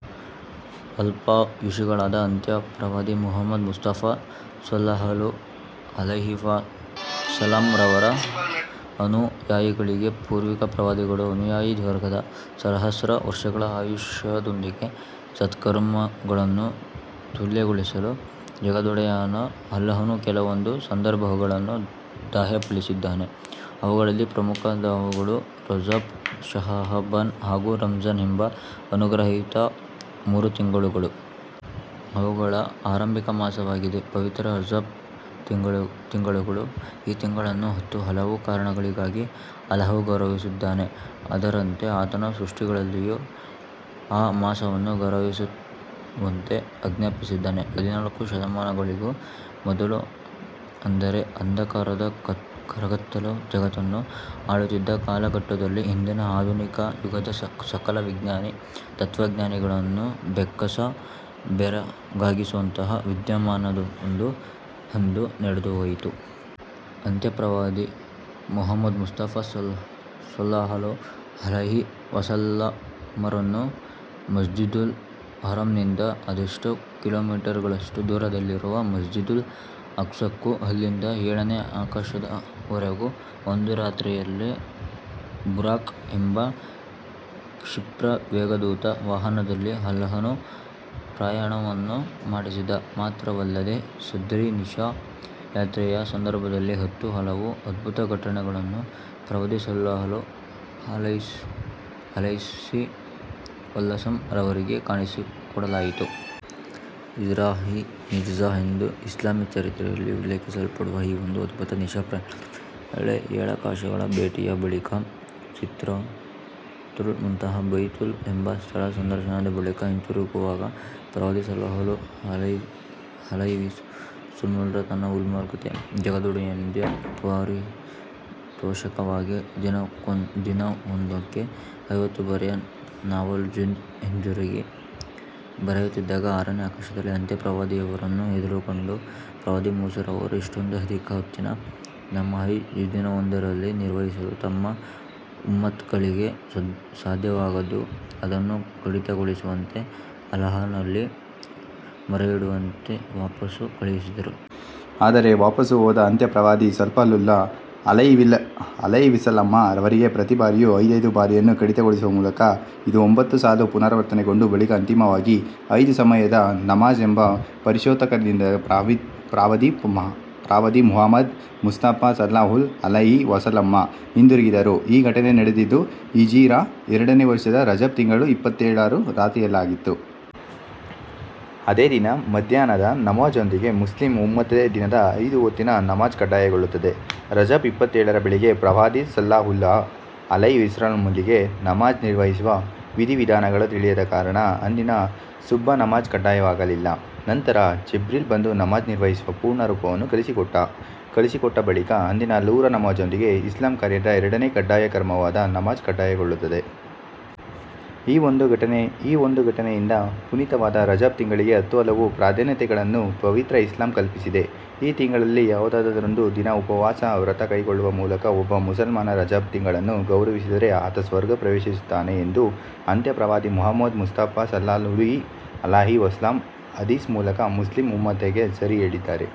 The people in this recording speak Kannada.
ಅಲ್ಪಾಯುಷಿಗಳಾದ ಅಂತ್ಯ ಪ್ರವಾದಿ ಮುಹಮ್ಮದ್ ಮುಸ್ತಫಾ ಸ್ವಲ್ಲಲ್ಲಾಹು ಅಲೈಹಿವಸಲ್ಲಮ್ ರವರ ಅನುಯಾಯಿಗಳಿಗೆ ಪೂರ್ವಿಕ ಪ್ರವಾದಿಗಳ ಅನುಯಾಯಿ ವರ್ಗದ ಸಹಸ್ರ ವರ್ಷಗಳ ಆಯುಷ್ಯದೊಂದಿಗೆ ಸತ್ಕರ್ಮಗಳನ್ನು ತುಲ್ಯಗೊಳಿಸಲು ಜಗದೊಡೆಯನಾದ ಅಲ್ಲಾಹನು ಕೆಲವೊಂದು ಸತ್ಸಂದರ್ಭಗಳನ್ನು ದಯಪಾಲಿಸಿದ್ದಾನೆ. ಅವುಗಳಲ್ಲಿ ಪ್ರಮುಖವಾದವುಗಳು ರಜಬ್, ಶಅಬಾನ್ ಹಾಗೂ ರಂಝಾನ್ ಎಂಬ ಅನುಗ್ರಹೀತ ಮೂರು ತಿಂಗಳುಗಳು. ಅವುಗಳ ಆರಂಭಿಕ ಮಾಸವಾಗಿದೆ ಪವಿತ್ರ ರಜಬ್ ತಿಂಗಳು. ಈ ತಿಂಗಳನ್ನು ಹತ್ತು ಹಲವು ಕಾರಣಗಳಿಗಾಗಿ ಅಲ್ಲಾಹು ಗೌರವಿಸಿದ್ದಾನೆ. ಅದರಂತೆ ಆತನ ಸೃಷ್ಟಿಗಳಲ್ಲಿಯೂ ಆ ಮಾಸವನ್ನು ಗೌರವಿಸುವಂತೆ ಆಜ್ಞಾಪಿಸಿದ್ದಾನೆ. ಹದಿನಾಲ್ಕು ಶತಮಾನಗಳಿಗೂ ಮೊದಲು ಅಂದರೆ ಅಂಧಕಾರದ ಕಾರ್ಗತ್ತಲು ಜಗತ್ತನ್ನು ಆಳುತ್ತಿದ್ದ ಕಾಲಘಟ್ಟದಲ್ಲಿ ಇಂದಿನ ಆಧುನಿಕ ಯುಗದ ಸಕಲ ವಿಜ್ಞಾನಿ, ತತ್ವಜ್ಞಾನಿಗಳನ್ನೂ ಬೆಕ್ಕಸ ಬೆರಗಾಗಿಸುವಂತಹ ವಿದ್ಯಾಮಾನವೊಂದು ಅಂದು ನಡೆದುಹೋಯಿತು. ಅಂತ್ಯ ಪ್ರವಾದಿ ಮುಹಮ್ಮದ್ ಮುಸ್ತಫಾ ಸ್ವಲ್ಲಲ್ಲಾಹು ಅಲೈಹಿ ವಸಲ್ಲಮರನ್ನು ಮಸ್ಜಿದುಲ್ ಹರಾಂನಿಂದ ಅದೆಷ್ಟೋ ಕಿಲೋಮೀಟರ್ ಗಳಷ್ಟು ದೂರದಲ್ಲಿರುವ ಮಸ್ಜಿದುಲ್ ಅಖ್ಸಾಕ್ಕೂ, ಅಲ್ಲಿಂದ ಏಳನೇ ಆಕಾಶದವರೆಗೂ ಒಂದೇ ರಾತ್ರಿಯಲ್ಲಿ ಬುರಾಖ್ ಎಂಬ ಕ್ಷಿಪ್ರ ವೇಗದೂತ ವಾಹನದಲ್ಲಿ ಅಲ್ಲಾಹನು ಪ್ರಯಾಣವನ್ನು ಮಾಡಿಸಿದ, ಮಾತ್ರವಲ್ಲದೆ ಸದ್ರಿ ನಿಶಾ ಯಾತ್ರೆಯ ಸಂದರ್ಭದಲ್ಲಿ ಹತ್ತು ಹಲವು ಅದ್ಭುತ ಘಟನೆಗಳನ್ನು ಪ್ರವಾದಿ ಸ್ವಲ್ಲಲ್ಲಾಹು ಅಲೈಹಿವಸಲ್ಲಮ್ ರವರಿಗೆ ಕಾಣಿಸಿಕೊಡಲಾಯಿತು. ಇಸ್ರಾಅ್- ಮಿಅ್ ರಾಜ್ ಎಂದು ಇಸ್ಲಾಮೀ ಚರಿತ್ರೆಯಲ್ಲಿ ಉಲ್ಲೇಖಿಸಲ್ಪಡುವ ಈ ಒಂದು ಅದ್ಭುತ ನಿಶಾ ಪ್ರಯಾಣದ ವೇಳೆ ಏಳಾಕಾಶಗಳ ಭೇಟಿಯ ಬಳಿಕ ಸಿದ್ರತುಲ್ ಮುಂತಹಾ, ಬೈತುಲ್ ಎಂಬ ಸ್ಥಳ ಸಂದರ್ಶನದ ಬಳಿಕ ಹಿಂತಿರುಗುವಾಗ ಪ್ರವಾದಿ ಸ್ವಲ್ಲಲ್ಲಾಹು ಅಲೈಹಿವಸಲ್ಲಮ್ರು ತನ್ನ ಉಮ್ಮತ್ಗೆ ಜಗದೊಡೆಯನಿಂದ ಪಾರಿತೋಷಕವಾಗಿ ದಿನವೊಂದಕ್ಕೆ ಐವತ್ತು ಬಾರಿಯ ನಮಾಝ್ನೊಂದಿಗೆ ಹಿಂತಿರುಗಿ ಬರುತ್ತಿದ್ದಾಗ ಆರನೇ ಆಕಾಶದಲ್ಲಿ ಅಂತ್ಯ ಪ್ರವಾದಿಯವರನ್ನು ಎದುರುಗೊಂಡ ಪ್ರವಾದಿ ಮೂಸಾ ರವರು ಇಷ್ಟೊಂದು ಅಧಿಕ ಹೊತ್ತಿನ ನಮಾಝ್ ದಿನವೊಂದರಲ್ಲಿ ನಿರ್ವಹಿಸಲು ತಮ್ಮ ಉಮ್ಮತ್ಗಳಿಗೆ ಸಾಧ್ಯವಾಗದು ಅದನ್ನು ಕಡಿತಗೊಳಿಸುವಂತೆ ಅಲ್ಲಾಹನಲ್ಲಿ ಮೊರೆಯಿಡುವಂತೆ ವಾಪಾಸು ಕಳುಹಿಸಿದರು. ಆದರೆ ವಾಪಾಸು ಹೋದ ಅಂತ್ಯ ಪ್ರವಾದಿ ಸ್ವಲ್ಲಲ್ಲಾಹು ಅಲೈಹಿವಸಲ್ಲಮ್ ರವರಿಗೆ ಪ್ರತೀ ಬಾರಿಯೂ ಐದೈದು ಬಾರಿಯನ್ನು ಕಡಿತಗೊಳಿಸುವ ಮೂಲಕ ಇದು ಒಂಭತ್ತು ಸಲ ಪುನರಾವರ್ತನೆಗೊಂಡ ಬಳಿಕ ಅಂತಿಮವಾಗಿ ಐದು ಸಮಯದ ನಮಾಝ್ ಎಂಬ ಪಾರಿತೋಷಕದೊಂದಿಗೆ ಪ್ರವಾದಿ ಮುಹಮ್ಮದ್ ಮುಸ್ತಫಾ ಸ್ವಲ್ಲಲ್ಲಾಹು ಅಲೈಹಿ ವಸಲ್ಲಮ್ ಹಿಂದುರುಗಿದರು. ಈ ಘಟನೆ ನಡೆದದ್ದು ಹಿಜಿರಾ ಎರಡನೇ ವರ್ಷದ ರಜಬ್ ತಿಂಗಳ ಇಪ್ಪತ್ತೇಳರ ರಾತ್ರಿಯಲ್ಲಾಗಿತ್ತು. ಅದೇ ದಿನ ಮಧ್ಯಾಹ್ನದ ನಮಾಝ್ನೊಂದಿಗೆ ಮುಸ್ಲಿಂ ಉಮ್ಮತ್ಗೆ ದಿನದ ಐದು ಹೊತ್ತಿನ ನಮಾಝ್ ಕಡ್ಡಾಯಗೊಳ್ಳುತ್ತದೆ. ರಜಬ್ ಇಪ್ಪತ್ತೇಳರ ಬೆಳಿಗ್ಗೆ ಪ್ರವಾದಿ ಸ್ವಲ್ಲಲ್ಲಾಹು ಅಲೈಹಿವಸಲ್ಲಮ್ರಿಗೆ ನಮಾಝ್ ನಿರ್ವಹಿಸುವ ವಿಧಿ ವಿಧಾನಗಳು ತಿಳಿಯದ ಕಾರಣ ಅಂದಿನ ಸುಬ್ಹ್ ನಮಾಝ್ ಕಡ್ಡಾಯವಾಗಲಿಲ್ಲ. ನಂತರ ಜಿಬ್ರೀಲ್ ಬಂದು ನಮಾಝ್ ನಿರ್ವಹಿಸುವ ಪೂರ್ಣ ರೂಪವನ್ನು ಕಲಿಸಿಕೊಟ್ಟ ಬಳಿಕ ಅಂದಿನ ಲುಹ್ರ್ ನಮಾಝ್ನೊಂದಿಗೆ ಇಸ್ಲಾಮ್ ಕಾರ್ಯದ ಎರನೇ ಕಡ್ಡಾಯ ಕರ್ಮವಾದ ನಮಾಝ್ ಕಡ್ಡಾಯಗೊಳ್ಳುತ್ತದೆ. ಈ ಒಂದು ಘಟನೆಯಿಂದ ಪುನೀತವಾದ ರಜಬ್ ತಿಂಗಳಿಗೆ ಹತ್ತು ಹಲವು ಪ್ರಾಧಾನ್ಯತೆಗಳನ್ನು ಪವಿತ್ರ ಇಸ್ಲಾಂ ಕಲ್ಪಿಸಿದೆ. ಈ ತಿಂಗಳಲ್ಲಿ ಯಾವುದಾದರೊಂದು ದಿನ ಉಪವಾಸ ವ್ರತ ಕೈಗೊಳ್ಳುವ ಮೂಲಕ ಒಬ್ಬ ಮುಸಲ್ಮಾನ ರಜಬ್ ತಿಂಗಳನ್ನು ಗೌರವಿಸಿದರೆ ಆತ ಸ್ವರ್ಗ ಪ್ರವೇಶಿಸುತ್ತಾನೆ ಎಂದು ಅಂತ್ಯ ಪ್ರವಾದಿ ಮುಹಮ್ಮದ್ ಮುಸ್ತಫಾ ಸ್ವಲ್ಲಲ್ಲಾಹು ಅಲೈಹಿ ವಸಲ್ಲಂ ಹದೀಸ್ ಮೂಲಕ ಮುಸ್ಲಿಂ ಉಮ್ಮತ್ಗೆ ಸಾರಿ ಹೇಳಿದ್ದಾರೆ.